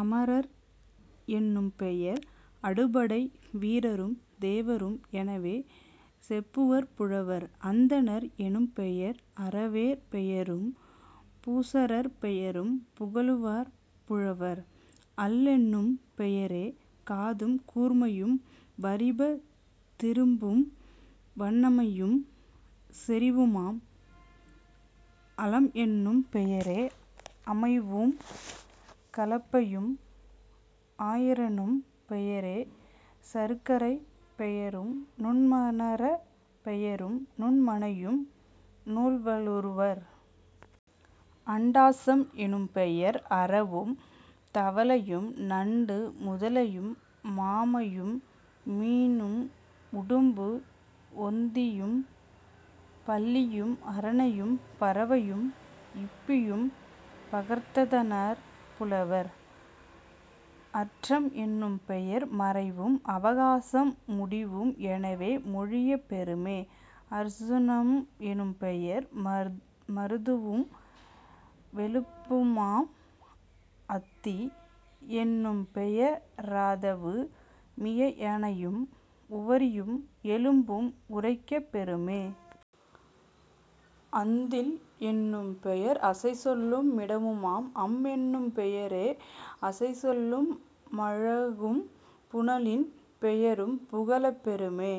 அமரர் எனும்பெயர் அடுபடை வீரரும் தேவரும் எனவே செப்புவர் புலவர்..... அந்தணர் எனும்பெயர் அறவோர் பெயரும் பூசுரர் பெயரும் புகலுவர் புலவர்..... அள்ளெனும் பெயரே காதும் கூர்மையும் வரிபத் திரும்பும் வன்மையும் செறிவுமாம்..... அலம்எனும் பெயரே அமைவும் கலப்பையும்..... அயிரெனும் பெயரே சருக்கரைப் பெயரும் நுண்மணற் பெயரும் நுண்மையும் நுவலுவர்..... அண்டசம் எனும்பெயர் அரவும் தவளையும் நண்டு முதலையு மாமையு மீனும் உடும்பும் ஓந்தியும் பல்லியும் அரணையும் பறவையும் இப்பியும் பகர்ந்தனர் புலவர்..... அற்றம் எனும்பெயர் மறைவும் அவகாசமு முடிவும் எனவே மொழியப் பெறுமே..... அருச்சுனம் எனும்பெயர் மருதுவும் வெளுப்புமாம்.... அத்தி யெனும்பெய ரதவு மியானையும் உவரியும் எலும்பும் உரைக்கப் பெறுமே..... அந்தில் எனும்பெயர் அசைச்சொல்லு மிடமுமாம்..... அம்மெனும் பெயரே அசைச்சொல்லு மழகும் புனலின் பெயரும் புகலப் பெறுமே.....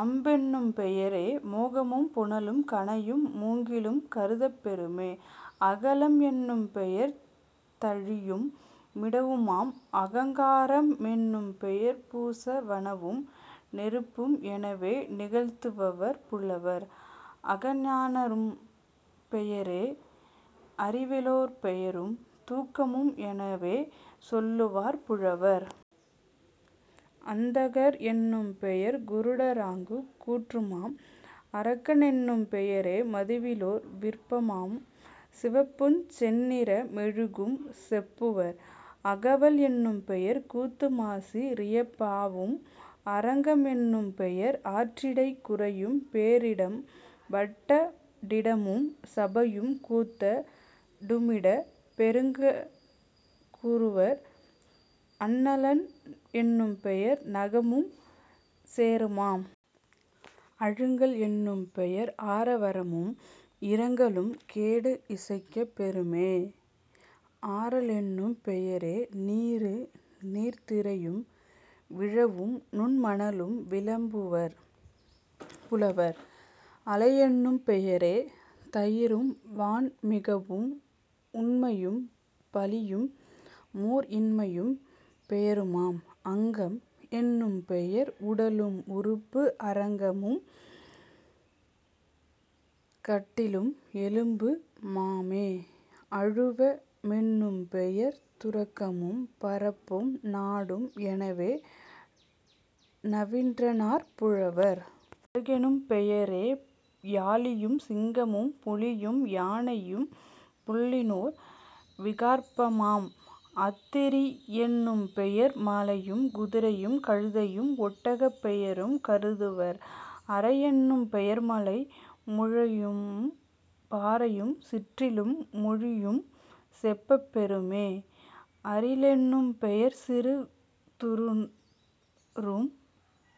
அம்பெனும் பெயரே மேகமும் புனலும் கணையு மூங்கிலுங் கருதப் பெறுமே..... அகளம் எனும்பெயர் தாழியும் மிடாவுமாம்..... அங்காரக மெனும்பெயர் பூசு வனவும் நெருப்பும் எனவே நிகழ்த்துவர் புலவர்..... அஞரெனும் பெயரே அறிவிலோர் பெயரும் துக்கமும் எனவே சொல்லுவர் புலவர்..... அந்தகர் எனும் பெயர் குருடருங் கூற்றுமாம்..... அரக்கெனும் பெயரே மதுவிலோர் விகற்பமும் சிவப்புஞ் சென்னிற மெழுகும் செப்புவர்..... அகவல் எனும்பெயர் கூத்துமாசி ரியப்பாவும்..... அரங்கம் எனும்பெயர் ஆற்றிடைக் குறையும் போரிடம் வட்டா டிடமும் சபையும் கூத்தா டுமிடப் பெயருங் கூறுவர்..... அன்னல் எனும்பெயர் நாகமும் சேறுமாம்..... அழுங்கல் எனும்பெயர் ஆர வாரமும் இரங்கலும் கேடும் இசைக்கப் பெறுமே..... அறலெனும் பெயரே நீரு நீர்த்திரையும் விழவும் நுண்மணலும் விளம்புவர் புலவர்..... அளையெனும் பெயரே தயிரும் வன்மீகவும் உம்மையும் பாளியும் மோர்இன்மைப் பெயருமாம்..... அங்கம் எனும்பெயர் உடலும் உறுப்பும் ஆறங்கமும் கட்டிலும் எலும்பு மாமே..... அழுவ மெனும்பெயர் துருக்கமும் பரப்பும் நாடும் எனவே நவின்றனர் புலவர்.....। அறுகெனும் பெயரே யாளியும் சிங்கமும் புலியும் யானையும் புல்லினோர் விகற்புமாம்..... அத்திரி யெனும்பெயர் மலையும் குதிரையும் கழுதையும் ஒட்டகப் பெயரும் கருதுவர்..... அறையெனும் பெயர்மலை முழையும் பாறையும் சிற்றிலும் மொழியும் செப்பப் பெறுமே..... அரிலெனும் பெயர்சிறு தூறும்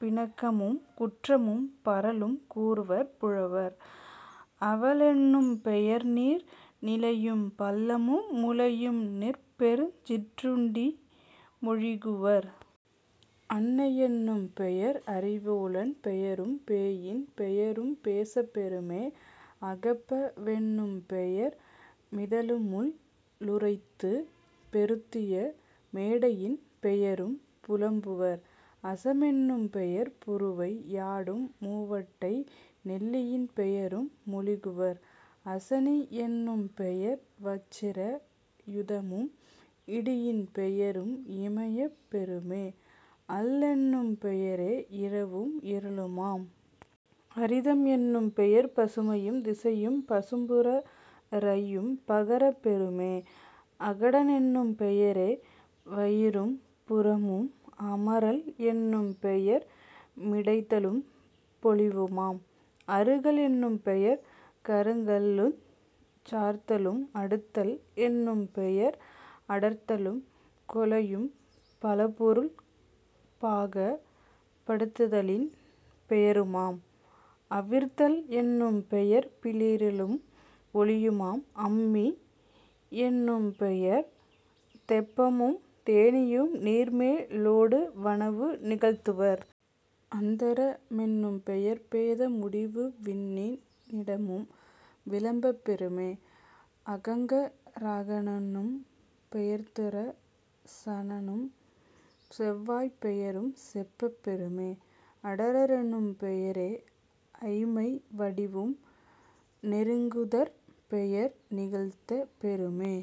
பிணக்கமும் குற்றமும் பரலும் கூறுவர் புலவர்..... அவலெனும் பெயர்நீர் நிலையும் பள்ளமும் முளையு நெற்பெறு சிற்றுண்டியு மொழிகுவர்..... அண்ணை யெனும்பெயர் அறிவிலோன் பெயரும் பேயின் பெயரும் பேசப் பெறுமே..... அகப்பா வெனும்பெயர் மதிளுமுள் ளுயரத்துப் பொருந்திய மேடையின் பெயரும் புலம்புவர்..... அசமெ னும்பெயர் புருவை யாடும் மூவாட்டை நெல்லின் பெயரு மொழிகுவர்..... அசனி யெனும்பெயர் வச்சிரா யுதமும் இடியின் பெயரும் இயம்பப் பெறுமே..... அல்லெனும் பெயரே இரவும் இருளுமாம்..... அரிதம் எனும்பெயர் பசுமையும் திசையும் பசும்புற் றரையும் பகரப் பெறுமே..... அகடெனும் பெயரே வயிறும் புறமுமாம்..... அமரல் எனும்பெயர் மிடைதலும் பொலிவுமாம்..... அருகல் எனும்பெயர் கருங்கலுஞ் சார்தலும்..... அடுதல் எனும்பெயர் அடர்தலும் கொலையும் பலபொருள் பாகப் படுத்தலின் பெயருமாம்..... அவிர்தல் எனும்பெயர் பீறலும் ஒளியுமாம்..... அம்பி யெனும்பெயர் தெப்பமும் தோணியும் நீர்மே லோடு வனவு நிகழ்த்துவர்..... அந்தர மெனும்பெயர் பேத முடிவும் விண்ணி னிடமும் விளம்பப் பெறுமே..... அங்கா ரகனெனும் பெயருதா சனனும் செவ்வாய்ப் பெயரும் செப்பப் பெறுமே..... அடரெனும் பெயரே ஐமை வடிவும் நெருங்குதற் பெயரு நிகழ்த்தப் பெறுமே.